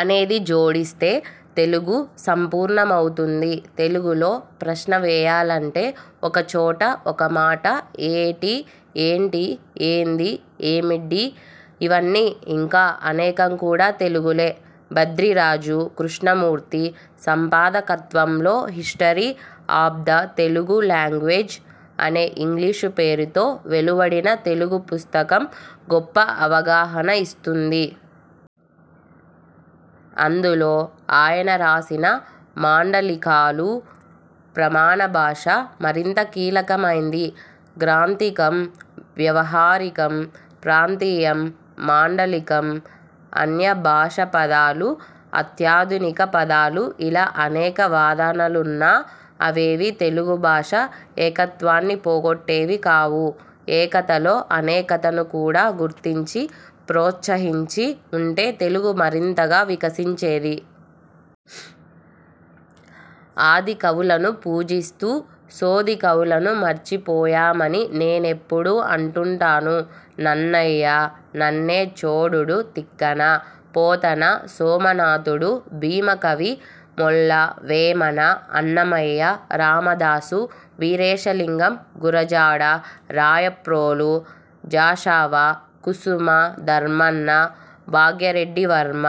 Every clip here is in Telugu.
అనేది జోడిస్తే తెలుగు సంపూర్ణమవుతుంది. తెలుగులో ప్రశ్న వేయాలంటే ఒకో చోట ఒక మాట ఏటి ఏంటి ఏంది ఏమిడ్డి ఇవన్నీ ఇంకా అనేకం కూడా తెలుగులే. భద్రిరాజు కృష్ణమూర్తి సంపాదకత్వంలో హిస్టరీ ఆఫ్ద తెలుగు లాంగ్వేజ్ అనే ఇంగ్లీషు పేరుతో వెలువడిన తెలుగు పుస్తకం గొప్ప అవగాహన ఇస్తుంది. అందులో ఆయన రాసిన 'మాండలికాలు ప్రమాణ భాష' మరింత కీలకమైంది. గ్రాంథికం, వ్యావహారికం, ప్రాంతీయం, మాండలికం, అన్యభాషా పదాలు అత్యాధునిక పదాలు ఇలా అనేక వాదనలున్నా అవేవీ తెలుగు భాష ఏకత్వాన్ని పోగొట్టేవి కావు. ఏకతలో అనేకతను కూడా గుర్తించి ప్రోత్సహించి వుంటే తెలుగు మరింతగా వికసించేది. ఆదికవులను పూజిస్తూ సోది కవులను మర్చిపోయామని నేనెప్పుడూ అంటుంటాను. నన్నయ్య, నన్నె చోడుడు తిక్కన, పోతన సోమనాథుడు, భీమకవి, మొల్ల, వేమన, అన్నమయ్య, రామదాసు, వీరేశలింగం, గురజాడ, రాయప్రోలు, జాషవా, కుసుమ ధర్మన్న, భాగ్యరెడ్డి వర్మ,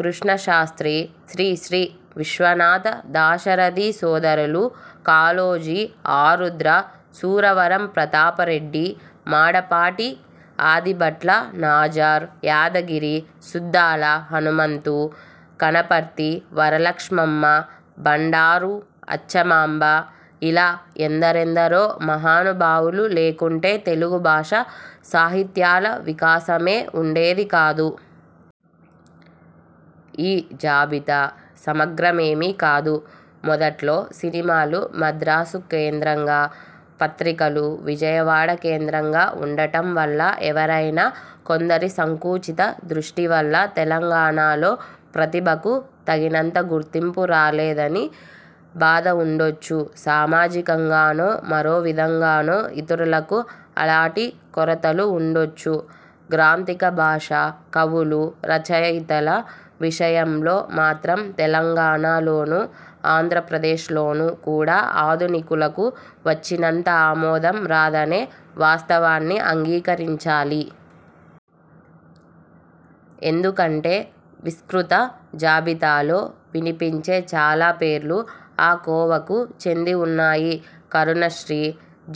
కృష్ణశాస్త్రి, శ్రీశ్రీ, విశ్వనాథ, దాశరధి సోదరులు, కాళోజీ, ఆరుద్ర, సురవరం ప్రతాపరెడ్డి, మాడపాటి, ఆదిభట్ల, నాజర్, యాదగిరి, సుద్దాల హనుమంతు, కనపర్తి వరలక్ష్మమ్మ, భండారు అచ్చమాంబ ఇలా ఎందరెందరో మహానుభావులు లేకుంటే తెలుగు భాషా సాహిత్యాల వికాసమే వుండేది కాదు. ఈ జాబితా సమగ్రమేమీ కాదు. మొదట్లో సినిమాలు మద్రాసు కేంద్రంగా, పత్రికలు విజయవాడ కేంద్రంగా వుండటం వల్ల, ఎవరైనా కొందరి సంకుచిత దృష్టి వల్ల తెలంగాణలో ప్రతిభకు తగినంత గుర్తింపు రాలేదని భాధవుండొచ్చు. సామాజికంగానో మరో విధంగానో ఇతరులకూ అలాటి కొరతలు వుండొచ్చు. గ్రాంథిక భాషా కవులు రచయితల విషయంలో మాత్రం తెలంగాణలోనూ ఆంధ్రప్రదేశ్లోనూ కూడా ఆధునికులకు వచ్చినంత ఆమోదం రాదనే వాస్తవాన్ని అంగీకరించాలి. ఎందుకంటే విస్మృత జాబితాలో వినిపించే చాలా పేర్లు ఆ కోవకు చెంది వున్నాయి. కరుణశ్రీ,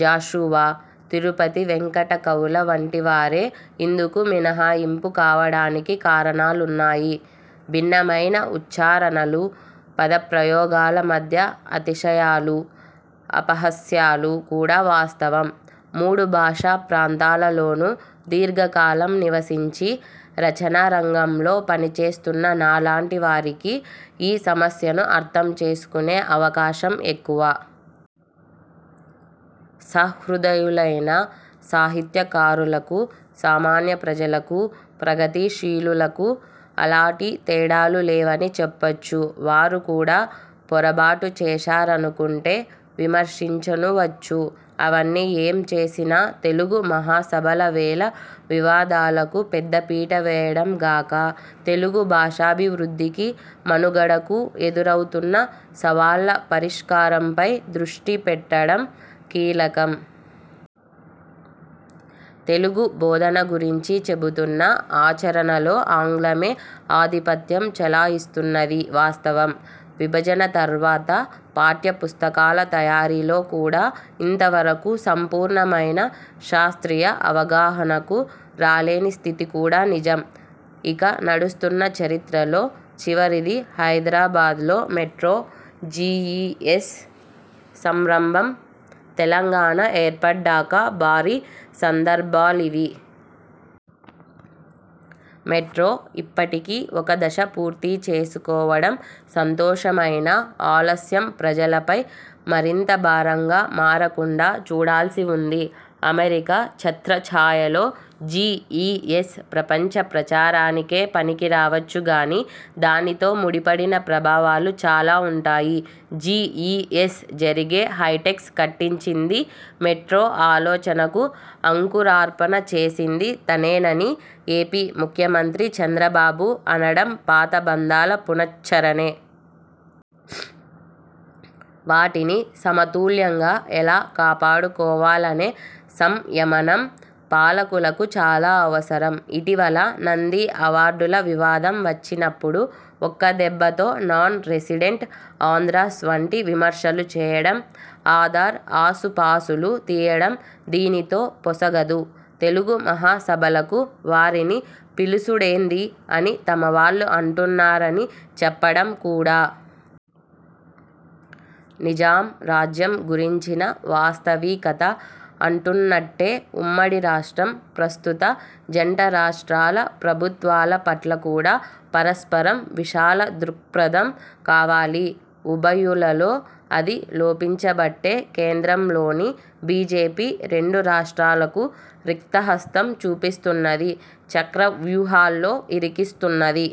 జాషువా, తిరుపతి వేంకట కవుల వంటివారే ఇందుకు మినహాయింపు కావడానికి కారణాలున్నాయి. భిన్నమైన ఉచ్చారణలు పదప్రయోగాల మధ్య అతిశయాలు అపహాస్యాలు కూడా వాస్తవం. మూడు భాషా ప్రాంతాలలోనూ దీర్ఘకాలం నివసించి రచనా రంగంలో పనిచేస్తున్న నాలాంటి వారికి ఈ సమస్యను అర్థం చేసుకునే అవకాశం ఎక్కువ. సహృదయులైన సాహిత్యకారులకూ సామాన్య ప్రజలకూ ప్రగతిశీలులకూ అలాటి తేడాలు లేవని చెప్పొచ్చు. వారు కూడా పొరబాటు చేశారనుకుంటే విమర్శించనూవచ్చు. అవన్నీ ఏం చేసినా తెలుగు మహాసభల వేళ వివాదాలకు పెద్దపీట వేయడం గాక తెలుగు భాషాభివృద్ధికి మనుగడకూ ఎదురవుతున్న సవాళ్ల పరిష్కారంపై దృష్టి పెట్టడం కీలకం. తెలుగు బోధన గురించి చెబుతున్నా ఆచరణలో ఆంగ్లమే ఆధిపత్యం చలాయిస్తున్నది వాస్తవం. విభజన తర్వాత పాఠ్య పుస్తకాల తయారీలో కూడా ఇంతవరకూ సంపూర్ణమైన శాస్త్రీయ అవగాహనకు రాలేని స్థితి కూడా నిజం. ఇక నడుస్తున్న చరిత్రలో చివరిది హైదరాబాద్లో మెట్రో, జీఈఎస్ సంరంభం. తెలంగాణ ఏర్పడ్డాక భారీ సందర్భాలివి. మెట్రో ఇప్పటికి ఒక దశ పూర్తి చేసుకోవడం సంతోషమైనా ఆలస్యం ప్రజలపై మరింత భారంగా మారకుండా చూడాల్సి వుంది. అమెరికా ఛత్రఛాయలో జీ ఈ ఎస్ ప్రపంచ ప్రచారానికే పనికిరావచ్చు గాని దానితో ముడిపడిన ప్రభావాలు చాలా వుంటాయి. జీ ఈ ఎస్ జరిగే హైటెక్స్ కట్టించిందీ, మెట్రో ఆలోచనకు అంకురార్పణ చేసిందీ తనేనని ఏపీ ముఖ్యమంత్రి చంద్రబాబు అనడం పాత బంధాల పునశ్చరణే. వాటిని సమతుల్యంగా ఎలా కాపాడుకోవాలనే సంయమనం పాలకులకు చాలా అవసరం. ఇటీవల నంది అవార్డుల వివాదం వచ్చినప్పుడు ఒక్కదెబ్బతో నాన్ రెసిడెంట్ ఆంధ్రాస్ వంటి విమర్శలు చేయడం, ఆధార్ ఆసుపాసులు తీయడం దీనితో పొసగదు. తెలుగు మహాసభలకు 'వారిని పిలుసుడేంది' అని తమ వాళ్లు అంటున్నారని చెప్పడం కూడా. నిజాం రాజ్యం గురించిన వాస్తవికత అంటున్నట్టే ఉమ్మడి రాష్ట్రం, ప్రస్తుత జంట రాష్ట్రాల ప్రభుత్వాల పట్ల కూడా పరస్పరం విశాల దృక్పథం కావాలి. ఉభయులలో అది లోపించబట్టే కేంద్రంలోని బీజేపీ రెండు రాష్ట్రాలకూ రిక్తహస్తం చూపిస్తున్నది. చక్రవ్యూహాల్లో ఇరికిస్తున్నది.